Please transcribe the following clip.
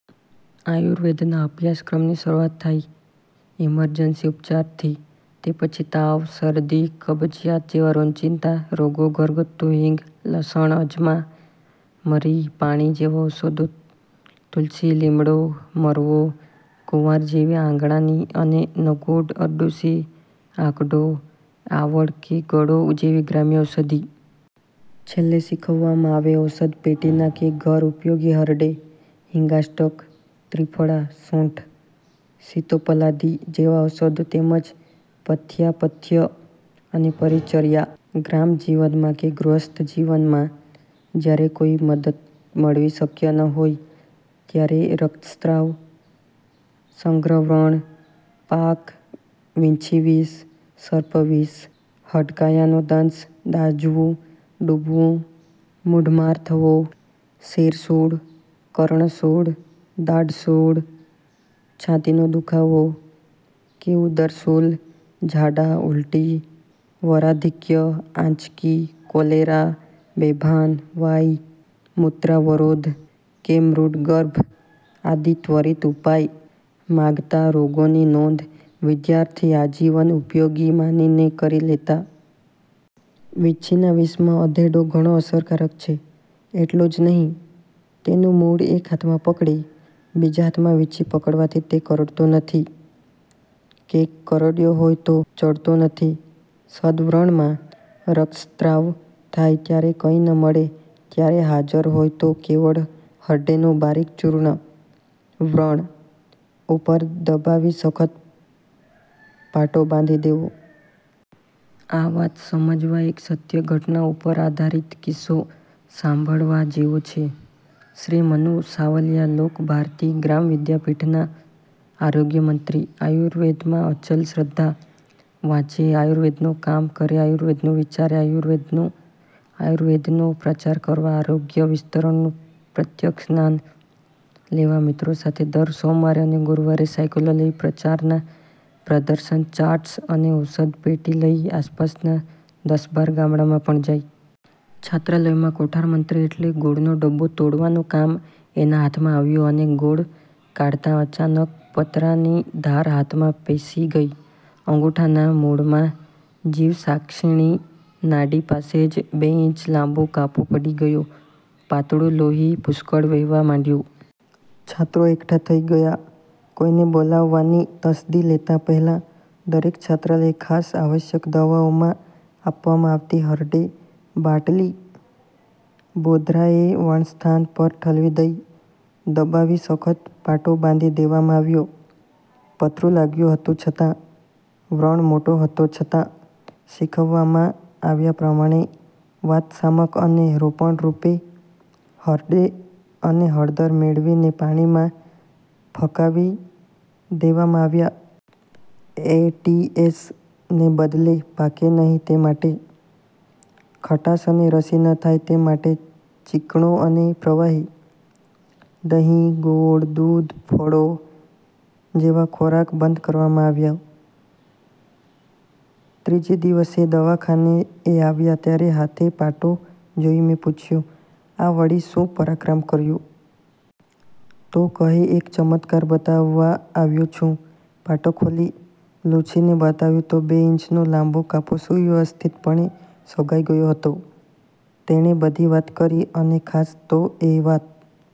આયુર્વેદ ના અભ્યાસક્રમની શરૂઆત થાય ઇમર્જન્સી ઉપચારથી, તે પછી તાવ, શરદી, કબજિયાત જેવા રોજિંદા રોગો ઘરગથ્થુ હિંગ, લસણ, અજમા, મરી, પાણી જેવાં ઔષધો તુલસી, લીમડો, મરવો, કુંવાર જેવી આંગણાની અને નગોડ, અરડૂસી, આકડો, આવળ કે ગળો જેવી ગ્રામ્ય ઔષધિ. છેલ્લે શીખવવામાં આવે ઔષધ પેટીનાં કે ઘર ઉપયોગી હરડે, હિંગાષ્ટક, ત્રિફળા, સૂંઠ, સિતોપલાદિ જેવાં ઔષધો તેમજ પથ્યાપથ્ય અને પરિચર્યા. ગ્રામજીવનમાં કે ગૃહસ્થજીવનમાં જ્યારે કોઈ મદદ મળવી શક્ય ન હોય ત્યારે રક્તસ્રાવ, સદ્યવ્રણ, પાક, વીંછીવિષ, સર્પવિષ, હડકાયાનો દંશ, દાઝવું, ડૂબવું, મૂઢમાર થવો; શિરઃશૂળ, કર્ણશૂળ, દાઢશૂળ, છાતીનો દુખાવો કે ઉદરશૂલ, ઝાડા, ઊલટી, વરાધિક્ય, આંચકી, કૉલેરા, બેભાન, વાઈ, મૂત્રાવરોધ કે મૂઢગર્ભ આદિ ત્વરિત ઉપાય માગતા રોગોની નોંધ વિદ્યાર્થી આજીવન ઉપયોગી માનીને કરી લેતા. વીંછીના વિષમાં અધેડો ઘણો અસરકારક છે એટલું જ નહીં, તેનું મૂળ એક હાથમાં પકડી બીજા હાથમાં વીંછી પકડવાથી તે કરડતો નથી કે કરડ્યો હોય તો ચડતો નથી! સઘવ્રણમાં રક્તસ્રાવ થાય ત્યારે કંઈ ન મળે ત્યારે હાજર હોય તો કેવળ હરડેનું બારીક ચૂર્ણ વ્રણ ઉપર દબાવી સખત પાટો બાંધી દેવો. આ વાત સમજવા એક સત્ય ઘટના ઉપર આધારિત કિસ્સો સાંભળવા જેવો છે. શ્રી મનુ સાવલિયા લોકભારતી ગ્રામવિદ્યાપીઠના આરોગ્યમંત્રી. આયુર્વેદમાં અચલ શ્રદ્ધા; વાંચે આયુર્વેદનું, કામ કરે આયુર્વેદનું, વિચારે આયુર્વેદનું. આયુર્વેદનો પ્રચાર કરવા આરોગ્ય વિસ્તરણનું પ્રત્યક્ષ જ્ઞાન લેવા મિત્રો સાથે દર સોમવાર અને ગુરુવારે સાઈકલો લઈ પ્રચારના પ્રદર્શનચાર્ટ્સ અને ઔષધપેટી લઈ આસપાસનાં દસ-બાર ગામડાંમાં પણ જાય. છાત્રાલયમાં કોઠારમંત્રી એટલે ગોળનો ડબ્બો તોડવાનું કામ એના હાથમાં આવ્યું અને ગોળ કાઢતાં અચાનક પતરાની ઘાર હાથમાં પેસી ગઈ. અંગૂઠાના મૂળમાં જીવસાક્ષિણી નાડી પાસે જ બે ઈંચ લાંબો કાપો પડી ગયો. પાતળું લોહી પુષ્કળ વહેવા માંડ્યું. છાત્રો એકઠા થઈ ગયા. કોઈને બોલાવવાની તસ્દી લેતાં પહેલાં, દરેક છાત્રાલયે ખાસ આવશ્યક દવાઓમાં આપવામાં આવતી હરડે બાટલી બોધરાએ વણસ્થાન પર ઠલવી દઈ, દબાવી સખત પાટો બાંધી દેવામાં આવ્યો. પતરું લાગ્યું હતું છતાં, વ્રણ મોટો હતો છતાં, શીખવવામાં આવ્યા પ્રમાણે વાતશામક અને રોપણરૂપે હરડે અને હળદર મેળવીને પાણીમાં ફકાવી દેવામાં આવ્યાં. એ. ટી. એસ. ને બદલે પાકે નહીં તે માટે ખટાશ અને રસી ન થાય તે માટે ચીકણો અને પ્રવાહી.. દહીં, ગોળ, દૂધ, ફળો જેવો ખોરાક બંધ કરવામાં આવ્યો. ત્રીજે દિવસે દવાખાને એ આવ્યા ત્યારે હાથે પાટો જોઈ મેં પૂછ્યું: આ વળી શું પરાક્રમ કર્યું? તો કહે એક ચમત્કાર બતાવવા આવ્યો છું. પાટો ખોલી, લૂછીને બતાવ્યું તો બે ઈંચનો લાંબો કાપો સુવ્યવસ્થિતપણે સંધાઈ ગયો હતો! તેણે બધી વાત કરી અને ખાસ તો એ વાત